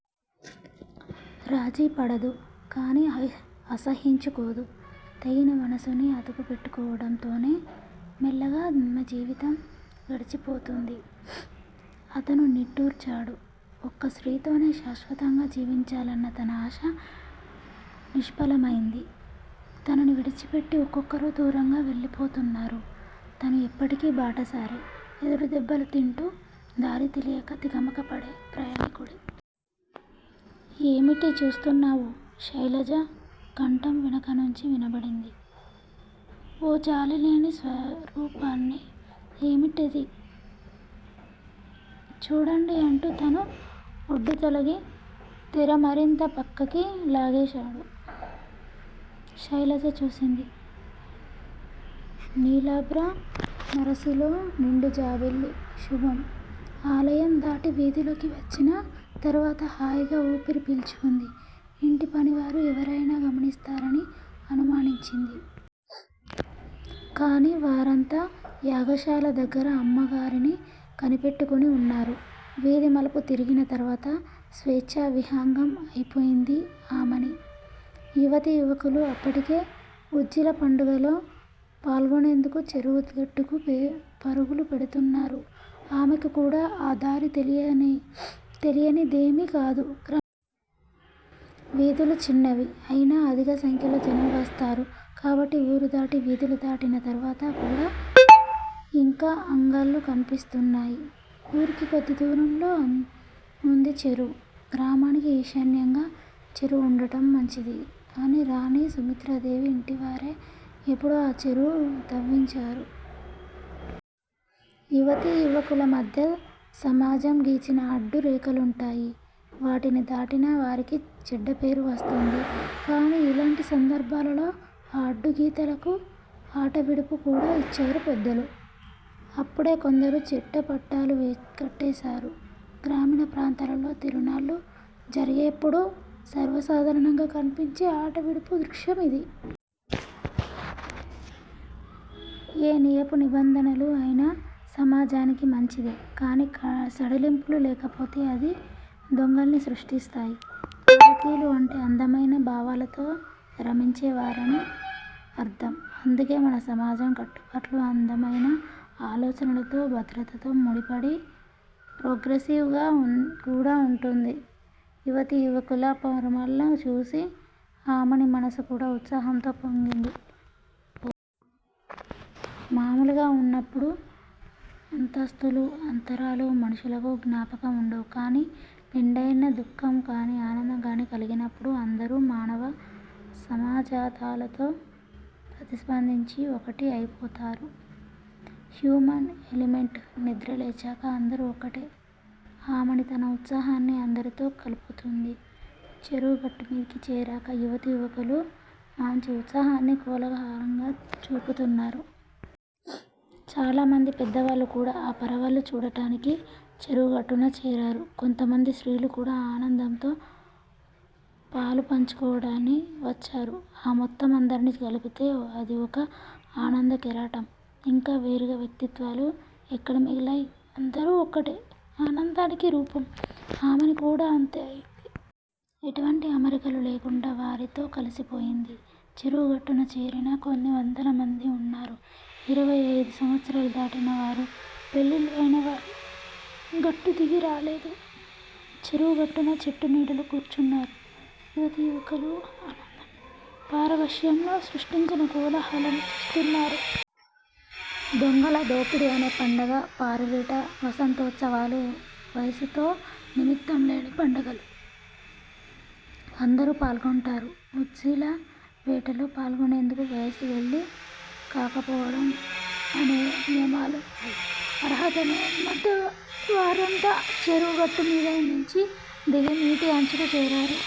రాజీపడదు. కాని అసహ్యించుకోదు. తెగిన మనసుని అతుకుపెట్టుకోవటంతోనే మెల్లగా ఆమెజీవితం గడిచి పోతుంది. అతను నిట్టూర్చాడు. ఒక్క స్త్రీతో శాశ్వతంగా జీవించాలన్న తన ఆశ నిష్ఫలమైంది. తనని విడిచిపెట్టి ఒక్కొక్కరూ దూరంగా వెళ్లిపోతున్నారు. తను ఎప్పటికీ బాటసారే. ఎదురుదెబ్బలు తింటూ దారి తెలియక తికమకపడే ప్రయాణికుడే. ఏమిటి చూస్తున్నావు? శైలజ కంఠం వెనకనుంచి వినపడింది. ఓ జాలిలేని స్వరూపాన్ని. ఏమిటది? చూడండి అంటూ తాను అడ్డుతొలగి, తెర మరింత ప్రక్కకి లాగేశాడు. శైలజ చూసింది. నీలాభ్ర సరసులో నిండుజాబిల్లి. శుభం। ఆలయం దాటి వీధిలోకి వచ్చిన తరువాత హాయిగా ఊపిరి పీల్చుకుంది. ఇంటి పనివారు ఎవరయినా గమనిస్తారని అనుమానించింది. కాని వారంతా యాగశాల దగ్గర అమ్మగారిని కనిపెట్టుకుని ఉన్నారు. వీధి మలుపు తిరిగిన తరువాత స్వేచ్ఛా విహంగం అయిపోయింది ఆమని! యువతీ యువకులు అప్పటికే ఉజ్జీల పండుగలో పాల్గొనేందుకు చెరువు గట్టుకు పరుగులు పెడుతున్నారు. ఆమెకు కూడా ఆ దారి తెలియనిదేమీ కాదు, గ్రామం. వీధులు చిన్నవి! అయినా అధిక సంఖ్యలో జనం వస్తారు కాబట్టి ఊరు దాటి వీధులు దాటిన తరువాత కూడ ఇంకా అంగళ్ళు కన్పిస్తున్నాయి. ఊరికి కొద్ది దూరంలో ఉంది చెరువు! గ్రామానికి ఈశాన్యంగా చెరువు ఉండటం మంచిది అని రాణి సుమిత్రాదేవి ఇంటివారే ఎప్పుడో ఆ చెరువు త్రవ్వించారు. యువతీ యువకుల మధ్య సమాజం గీచిన అడ్డు రేఖలుంటాయి. వాటిని దాటిన వారికి చెడ్డపేరు వస్తుంది. కాని ఇలాంటి సందర్భాలలో ఆ అడ్డుగీతలకు ఆటవిడుపు కూడ ఇచ్చారు పెద్దలు! అప్పుడే కొందరు చెట్టపట్టాలు కట్టేశారు. గ్రామీణ ప్రాంతాలలో తిరునాళ్ళు జరిగేప్పుడు సర్వసాధారణంగా కన్పించే ఆటవిడుపు దృశ్యం ఇది. ఏ నియమ నిబంధనలు అయినా సమాజానికి మంచిదే! కాని సడలింపులు లేకపోతే అవి దొంగల్ని సృష్టిస్తాయి. భారతీయులు అంటే అందమయిన భావాలతో రమించే వారని అర్ధం. అందుకే మన సమాజం కట్టుబాట్లు అందమయిన ఆలోచనలతో భద్రతతో ముడిపడి ప్రోగ్రెసివ్ గా కూడా వుంటుంది. యువతీ యువకుల పరవళ్ళు చూచి ఆమని మనసు కూడ ఉత్సాహంతో పోంగింది. మామూలుగా వున్నప్పుడు అంతస్థులు, అంతరాలు మనుషులకు జ్ఞాపకం వుండవు. కాని నిండయిన దుఃఖం కాని ఆనందం కాని కలిగినప్పుడు అందరూ మానవ సహజాతాలతో ప్రతిస్పందించి ఒకటి అయిపోతారు. హ్యూమన్ ఎలిమెంట్ నిద్రలేచాక అందరూ ఒక్కటే! ఆమని తన ఉత్సాహాన్ని అందరితో కలుపుతుంది. చెరువు గట్టుమీదకి చేరాక యువతీ యువకులు మాంచి ఉత్సాహాన్ని కోలాహలంగా చూపుతున్నారు. చాలామంది పెద్దవాళ్ళు కూడా ఆ పరవళ్ళు చూడటానికి చెరువు గట్టున చేరారు. కొంతమంది స్త్రీలు కూడ ఆ ఆనందంతో పాలుపంచుకోవాలని వచ్చారు. ఆ మొత్తం అందరినీ కలిపితే అది ఒక ఆనంద కెరటం. ఇంక వేరుగా వ్యక్తిత్వాలు ఎక్కడ మిగిలాయి? అందరూ ఒక్కటే! ఆనందానికి రూపం! ఆమని కూడ అంతే అయింది. ఎటువంటి అమరికలు లేకుండా వారితో కలిసిపోయింది. చెరువు గట్టున చేరిన కొన్ని వందల మంది వున్నారు. ఇరవై అయిదు సంవత్సరాలు దాటిన వారు, పెళ్ళిళ్ళు అయినవారు గట్టు దిగి రాలేదు. చెరువు గట్టున చెట్టు నీడలో కూర్చున్నారు. యువతీ యువకులు ఆనంద పారవశ్యంలో సృష్టించిన కోలాహలాన్ని చూస్తున్నారు. దొంగల దోపిడి అనే పండుగ, పారువేట, వసంతోత్సవాలు వయసుతో నిమిత్తంలేని పండుగలు. అందరూ పాల్గొంటారు. ఉజ్జీలవేటలో పాల్గొనేందుకు వయసు పెళ్ళి కాకపోవటం అనే నియమాలున్నాయి. అర్హతను వున్నవారంతా చెరువు గట్టు మీది నించి దిగి నీటి అంచుకు చేరారు.